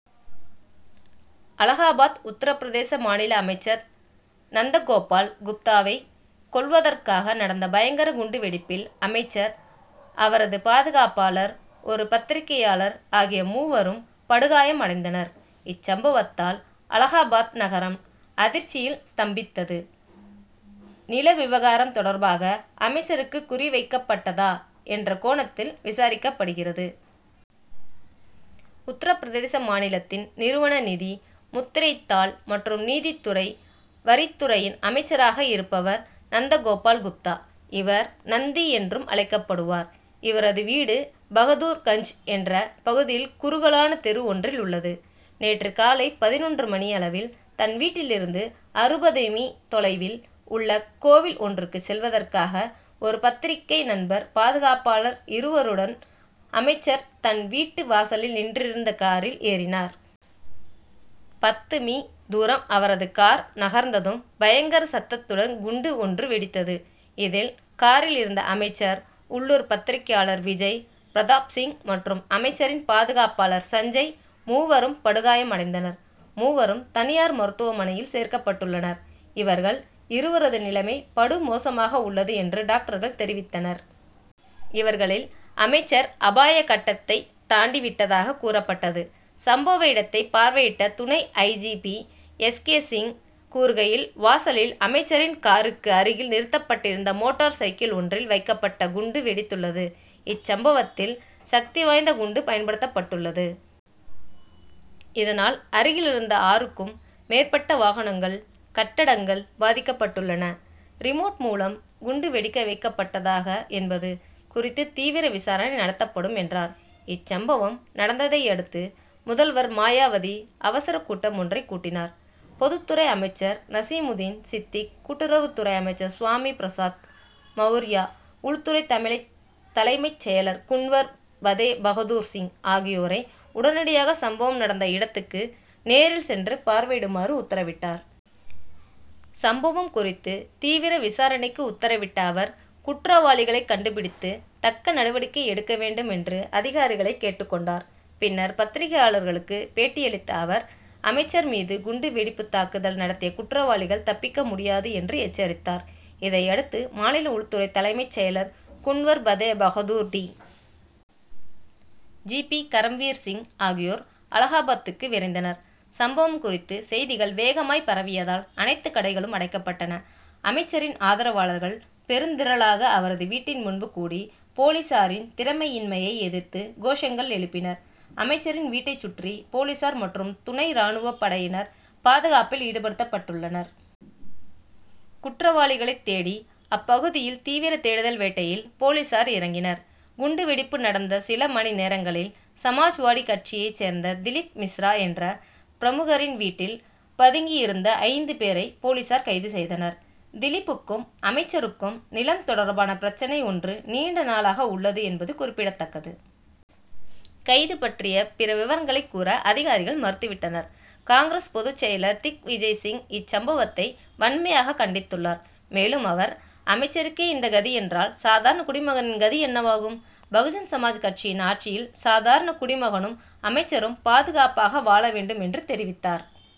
அலகாபாத் உத்தரபிரதேச மாநில அமைச்சர் நந்த கோபால் குப்தாவைக் கொல்வதற்காக நடந்த பயங்கர குண்டு வெடிப்பில் அமைச்சர், அவரது பாதுகாப்பாளர், ஒரு பத்திரிகையாளர் ஆகிய மூவரும் படுகாயம் அடைந்தனர். இச்சம்பவத்தால் அலகாபாத் நகரம் அதிர்ச்சியில் ஸ்தம்பித்தது. நில விவகாரம் தொடர்பாக அமைச்சருக்கு குறி வைக்கப்பட்டதா என்ற கோணத்தில் விசாரிக்கப்படுகிறது. உத்தரபிரதேச மாநிலத்தின், நிறுவன நிதி, முத்திரைத் தாள் மற்றும் நீதித்துறை வரித் துறையின் அமைச்சராக இருப்பவர் நந்தகோபால் குப்தா. இவர், நந்தி என்றும் அழைக்கப்படுவார். இவரது வீடு பகதூர்கஞ்ச் என்ற பகுதியில் குறுகலான தெரு ஒன்றில் உள்ளது. நேற்று காலை பதினொன்று மணியளவில், தன் வீட்டிலிருந்து அறுபது மீ தொலைவில் உள்ள கோவில் ஒன்றுக்குச் செல்வதற்காக, ஒரு பத்திரிகை நண்பர், பாதுகாப்பாளர் இருவருடன் அமைச்சர் தன் வீட்டு வாசலில் நின்றிருந்த காரில் ஏறினார். பத்து மீ., தூரம் அவரது கார் நகர்ந்ததும் பயங்கர சத்தத்துடன் குண்டு ஒன்று வெடித்தது. இதில், காரில் இருந்த அமைச்சர், உள்ளூர் பத்திரிகையாளர் விஜய் பிரதாப் சிங் மற்றும் அமைச்சரின் பாதுகாப்பாளர் சஞ்சய் மூவரும் படுகாயம் அடைந்தனர். மூவரும், தனியார் மருத்துவமனையில் சேர்க்கப்பட்டுள்ளனர். இவர்கள் இருவரது நிலைமை படுமோசமாக உள்ளது என்று டாக்டர்கள் தெரிவித்தனர். இவர்களில் அமைச்சர் அபாய கட்டத்தைத் தாண்டி விட்டதாக கூறப்பட்டது. சம்பவ இடத்தைப் பார்வையிட்ட துணை I. G. P., S. K. Singh கூறுகையில், வாசலில் அமைச்சரின் காருக்கு அருகில் நிறுத்தப்பட்டிருந்த மோட்டார் சைக்கிள் ஒன்றில் வைக்கப்பட்ட குண்டு வெடித்துள்ளது. இச்சம்பவத்தில் சக்தி வாய்ந்த குண்டு பயன்படுத்தப்பட்டுள்ளது. இதனால் அருகிலிருந்த ஆறுக்கும் மேற்பட்ட வாகனங்கள், கட்டடங்கள் பாதிக்கப்பட்டுள்ளன. ரிமோட் மூலம் குண்டு வெடிக்க வைக்கப்பட்டதாக என்பது குறித்து தீவிர விசாரணை நடத்தப்படும் என்றார். இச்சம்பவம் நடந்ததையடுத்து முதல்வர் மாயாவதி, அவசரக் கூட்டம் ஒன்றைக் கூட்டினார். பொதுத்துறை அமைச்சர் நசீமுதீன் சித்திக், கூட்டுறவுத் துறை அமைச்சர் சுவாமி பிரசாத் மவுர்யா, உள்துறை தலைமைச் செயலர் குன்வர் பதே பகதூர்சிங் ஆகியோரை உடனடியாக சம்பவம் நடந்த இடத்துக்கு நேரில் சென்று பார்வையிடுமாறு உத்தரவிட்டார். சம்பவம் குறித்து தீவிர விசாரணைக்கு உத்தரவிட்ட அவர், குற்றவாளிகளைக் கண்டுபிடித்து தக்க நடவடிக்கை எடுக்க வேண்டும் என்று அதிகாரிகளைக் கேட்டுக் கொண்டார். பின்னர் பத்திரிகையாளர்களுக்குப் பேட்டியளித்த அவர், அமைச்சர் மீது குண்டு வெடிப்புத் தாக்குதல் நடத்திய குற்றவாளிகள் தப்பிக்க முடியாது என்று எச்சரித்தார். இதையடுத்து மாநில உள்துறை தலைமைச் செயலர் Kunwar Fateh Bahadur, D. G. P., Karamvir Singh ஆகியோர் அலகாபாத்துக்கு விரைந்தனர். சம்பவம் குறித்து செய்திகள் வேகமாய்ப் பரவியதால் அனைத்துக் கடைகளும் அடைக்கப்பட்டன. அமைச்சரின் ஆதரவாளர்கள் பெருந்திரளாக அவரது வீட்டின் முன்பு கூடி போலீசாரின் திறமையின்மையை எதிர்த்து கோஷங்கள் எழுப்பினர். அமைச்சரின் வீட்டைச் சுற்றி போலீசார் மற்றும் துணை ராணுவப் படையினர் பாதுகாப்பில் ஈடுபடுத்தப்பட்டுள்ளனர். குற்றவாளிகளைத் தேடி அப்பகுதியில் தீவிர தேடுதல் வேட்டையில் போலீசார் இறங்கினர். குண்டு வெடிப்பு நடந்த சில மணிநேரங்களில், சமாஜ்வாடி கட்சியைச் சேர்ந்த திலிப் மிஸ்ரா என்ற பிரமுகரின் வீட்டில் பதுங்கியிருந்த ஐந்து பேரை போலீசார் கைது செய்தனர். திலிப்புக்கும் அமைச்சருக்கும் நிலம் தொடர்பான பிரச்னை ஒன்று நீண்ட நாளாக உள்ளது என்பது குறிப்பிடத்தக்கது. கைது பற்றிய பிற விவரங்களைக் கூற அதிகாரிகள் மறுத்துவிட்டனர். காங்கிரஸ் பொதுச் செயலர் திக்விஜய் சிங் இச்சம்பவத்தை வன்மையாகக் கண்டித்துள்ளார். மேலும் அவர், அமைச்சருக்கே இந்த கதி என்றால், சாதாரணக் குடிமகனின் கதி என்னவாகும்? பகுஜன் சமாஜ் கட்சியின் ஆட்சியில் சாதாரணக் குடிமகனும் அமைச்சரும் பாதுகாப்பாக வாழ வேண்டும் என்று தெரிவித்தார்.